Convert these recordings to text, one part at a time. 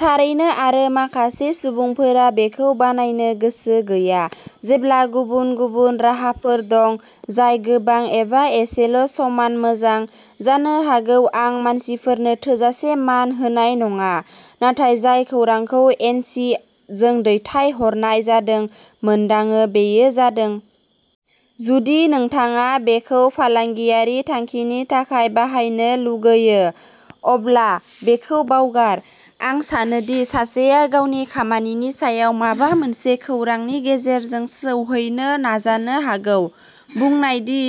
थारैनो। आरो माखासे सुबुंफोरा बेखौ बानायनो गोसो गैया जेब्ला गुबुन गुबुन राहाफोर दं जाय गोबां एबा एसेल' समान मोजां। जानो हागौ आं मानसिफोरनो थोजासे मान होनाय नङा। नाथाय जाय खौरांखौ एन सि जों दैथायहरनाय जादों मोनदाङो बेयो जादों। जुदि नोंथाङा बेखौ फालांगियारि थांखिनि थाखाय बाहायनो लुगैयो। अब्ला बेखौ बावगार। आं सानो दि सासेया गावनि खामानिनि सायाव माबा मोनसे खौरांनि गेजेरजों सौहैनो नाजानो हागौ। बुंनाय दि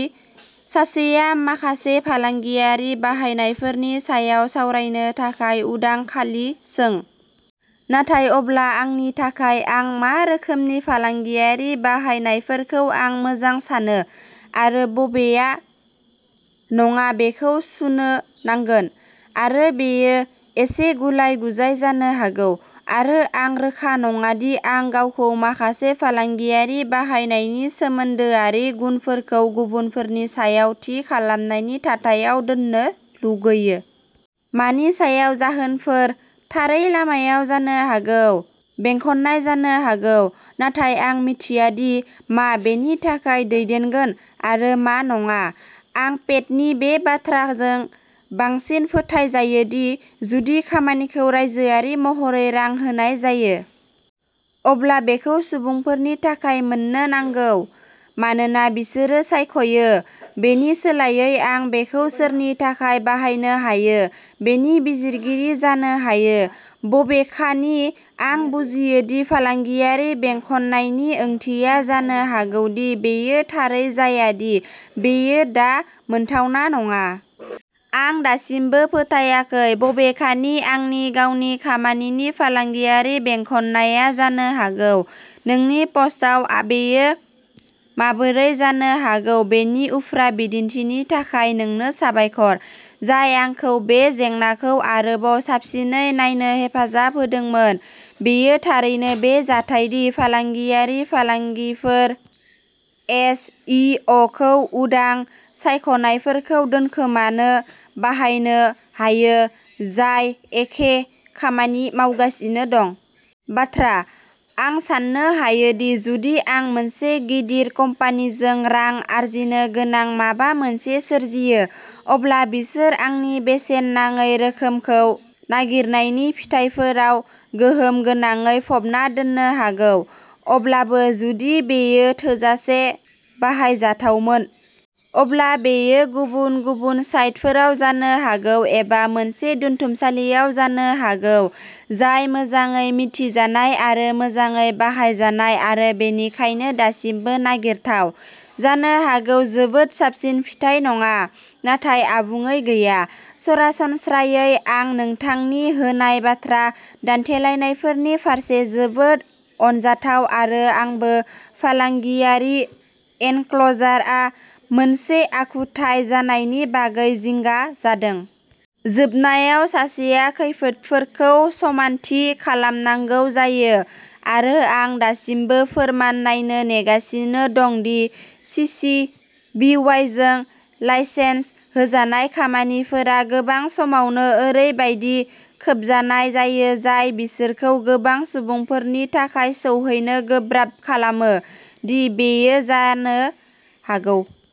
सासेया माखासे फालांगियारि बाहायनायफोरनि सायाव सावरायनो थाखाय उदां खालि सों। नाथाय अब्ला आंनि थाखाय आं मा रोखोमनि फालांगियारि बाहायनायफोरखौ आं मोजां सानो आरो बबेआ नङा बेखौ सुनो नांगोन। आरो बेयो एसे गुलाय-गुजाय जानो हागौ। आरो आं रोखा नङा दि आं गावखौ माखासे फालांगियारि बाहायनायनि सोमोन्दोआरि गुनफोरखौ गुबुनफोरनि सायाव थि खालामनायनि थाथायाव दोन्नो लुगैयो। मानि सायाव। जाहोनफोर थारै लामायाव जानो हागौ बेंखननाय जानो हागौ। नाथाय आं मिथिया दि मा बेनि थाखाय दैदेनगोन आरो मा नङा। आं पेटनि बे बाथ्राजों बांसिन फोथायजायो दि जुदि खामानिखौ रायजोआरि महरै रां होनाय जायो। अब्ला बेखौ सुबुंफोरनि थाखाय मोन्नो नांगौ मानोना बिसोरो सायख'यो। बेनि सोलायै आं बेखौ सोरनि थाखाय बाहायनो हायो बेनि बिजिरगिरि जानो हायो। बबेखानि आं बुजियो दि फालांगियारि बेंखननायनि ओंथिया जानो हागौ दि बेयो थारै जाया दि बेयो दा मोनथावना नङा। आं दासिमबो फोथायाखै बबेखानि आंनि गावनि खामानिनि फालांगियारि बेंखननाया जानो हागौ। नोंनि पस्टआव बेयो माबोरै जानो हागौ बेनि उफ्रा बिदिन्थिनि थाखाय नोंनो साबायखर। जाय आंखौ बे जेंनाखौ आरोबाव साबसिनै नायनो हेफाजाब होदोंमोन। बेयो थारैनो बे जाथाय दि फालांगियारि फालांगिफोर एस इ अ खौ उदां सायख'नायफोरखौ दोनखोमानो बाहायनो हायो जाय एखे खामानि मावगासिनो दं। बाथ्रा। आं साननो हायोदि जुदि आं मोनसे गिदिर कम्पानिजों रां आरजिनो गोनां माबा मोनसे सोरजियो। अब्ला बिसोर आंनि बेसेन नाङै रोखोमखौ नागिरनायनि फिथायफोराव गोहोम गोनाङै फबना दोननो हागौ। अब्लाबो जुदि बेयो थोजासे बाहायजाथावमोन। अब्ला बेयो गुबुन-गुबुन साइटफोराव जानो हागौ एबा मोनसे दोनथुमसालियाव जानो हागौ जाय मोजाङै मिथिजानाय आरो मोजाङै बाहायजानाय आरो बेनिखायनो दासिमबो नागिरथाव। जानो हागौ जोबोद साबसिन फिथाय नङा। नाथाय आबुङै गैया। सरासनस्रायै आं नोंथांनि होनाय बाथ्रा दान्थेलायनायफोरनि फारसे जोबोद अनजाथाव आरो आंबो, फालांगियारि एनक्ल'जारआ मोनसे आखुथाय जानायनि बागै जिंगा जादों। जोबनायाव सासेया खैफोदफोरखौ समानथि खालामनांगौ जायो आरो आं दासिमबो फोरमान नायनो नेगासिनो दं दि सिसि-बिवाइजों लाइसेन्स होजानाय खामानिफोरा गोबां समावनो ओरैबायदि खोबजानाय जायो जाय बिसोरखौ गोबां सुबुंफोरनि थाखाय सौहैनो गोब्राब खालामो। दि बेयो जानो हागौ।